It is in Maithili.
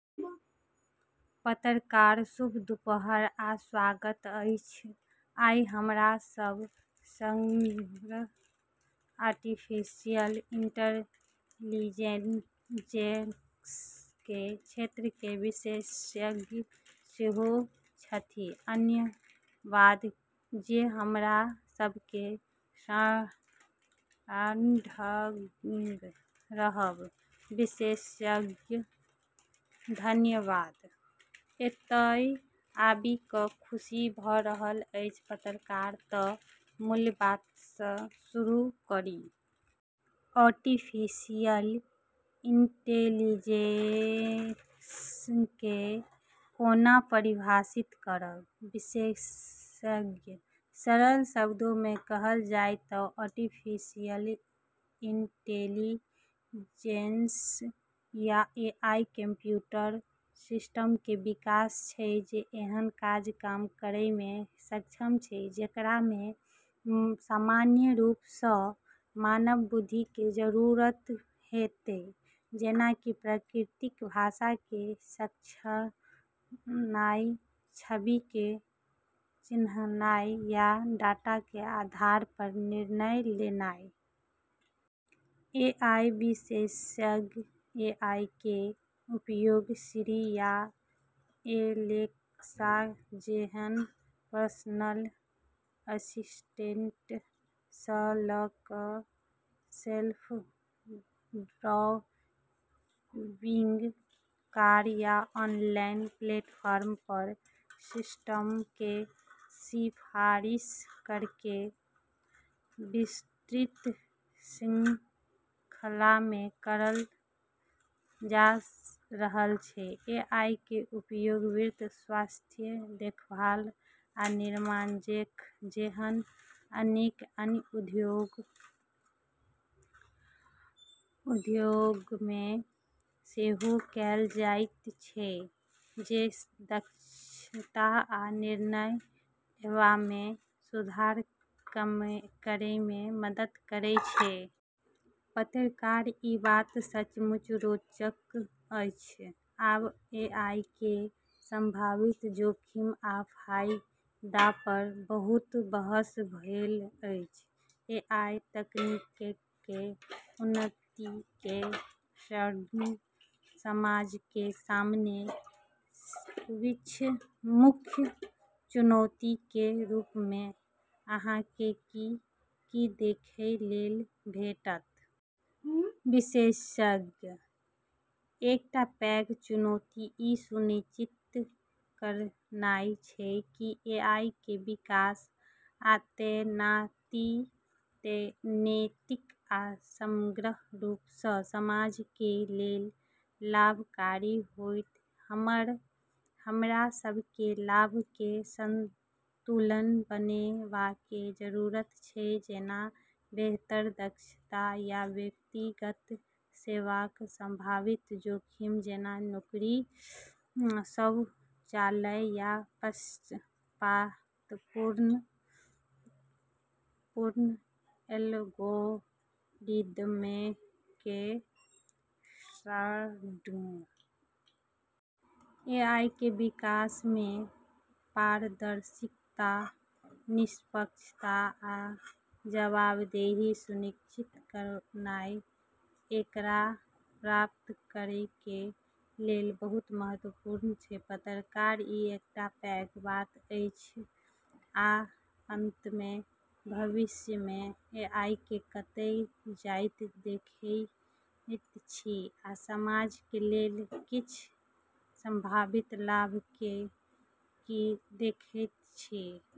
पत्रकार: शुभ दुपहर आ स्वागत अछि, आई हमरा सब सङ्ग आर्टिफिशियल इंटेलिजेंसके क्षेत्रके विशेषज्ञ सेहो छथि, धन्यवाद जे हमरा सबके सङ्ग रहब। विशेषज्ञ: धन्यवाद, एतय आबि क' खुशी भ' रहल अछि। पत्रकार: त', मूल बातसँ शुरू करी। आर्टिफिशियल इंटेलिजेंसके कोना परिभाषित करब? विशेषज्ञ: सरल शब्दमे कहल जाइ त' आर्टिफिशियल इंटेलिजेंस या एआई, कंप्यूटर सिस्टमके विकास छै जे एहन काज काम करैमे सक्षम छै जेकरामे सामान्य रूपसँ मानव बुद्धिके जरूरत हेतै, जेना कि प्राकृतिक भाषाके समझनाइ, छविके चिन्हनाइ, या डाटाके आधार पर निर्णय लेनाइ । ए. आई. विशेषज्ञ: एआईके उपयोग सिरी या एलेक्सा जेहन पर्सनल असिस्टेंट स' ल' क' सेल्फ ड्राइविंग कार या ऑनलाइन प्लेटफॉर्म पर सिस्टमके सिफारिश करैके विस्तृत श्रृंखलामे करल जा रहल छै। एआईके उपयोग वित्त, स्वास्थ्य देखभाल, आ निर्माण जेहन अनेक अन्य उद्योगमे सेहो कैल जाइत छै, जे दक्षता आ निर्णय लेबामे सुधार करैमे मदद करै छै। पत्रकार: ई बात सचमुच रोचक अछि। आब, एआईके संभावित जोखिम आ फाइदा पर बहुत बहस भेल अछि। एआई तकनीकके उन्नतिके सङ्ग समाजके सामने किछ मुख्य चुनौतीके रूपमे अहाँके की - की देखै लेल भेटत? विशेषज्ञ: एकटा पैघ चुनौती ई सुनिश्चित करनाइ छै कि एआईके विकास आ तैनाती नैतिक आ समग्र रूपसँ समाजके लेल लाभकारी होइत। हमरा सबके लाभके संतुलन बनेबाके जरूरत छै, जेना बेहतर दक्षता या व्यक्तिगत सेवाक, संभावित जोखिम जेना नौकरी स्वचालन या पक्षपातपूर्ण एल्गोरिदमके सङ्ग। एआईके विकासमे पारदर्शिता, निष्पक्षता, आ जवाबदेही सुनिश्चित करनाइ एकरा प्राप्त करैके लेल बहुत महत्वपूर्ण छै। पत्रकार: ई एकटा पैघ बात अछि। आ अंतमे, भविष्यमे एआईके कतय जाइत देखैत छी, आ समाज के लेल किछ संभावित लाभके की देखैत छी?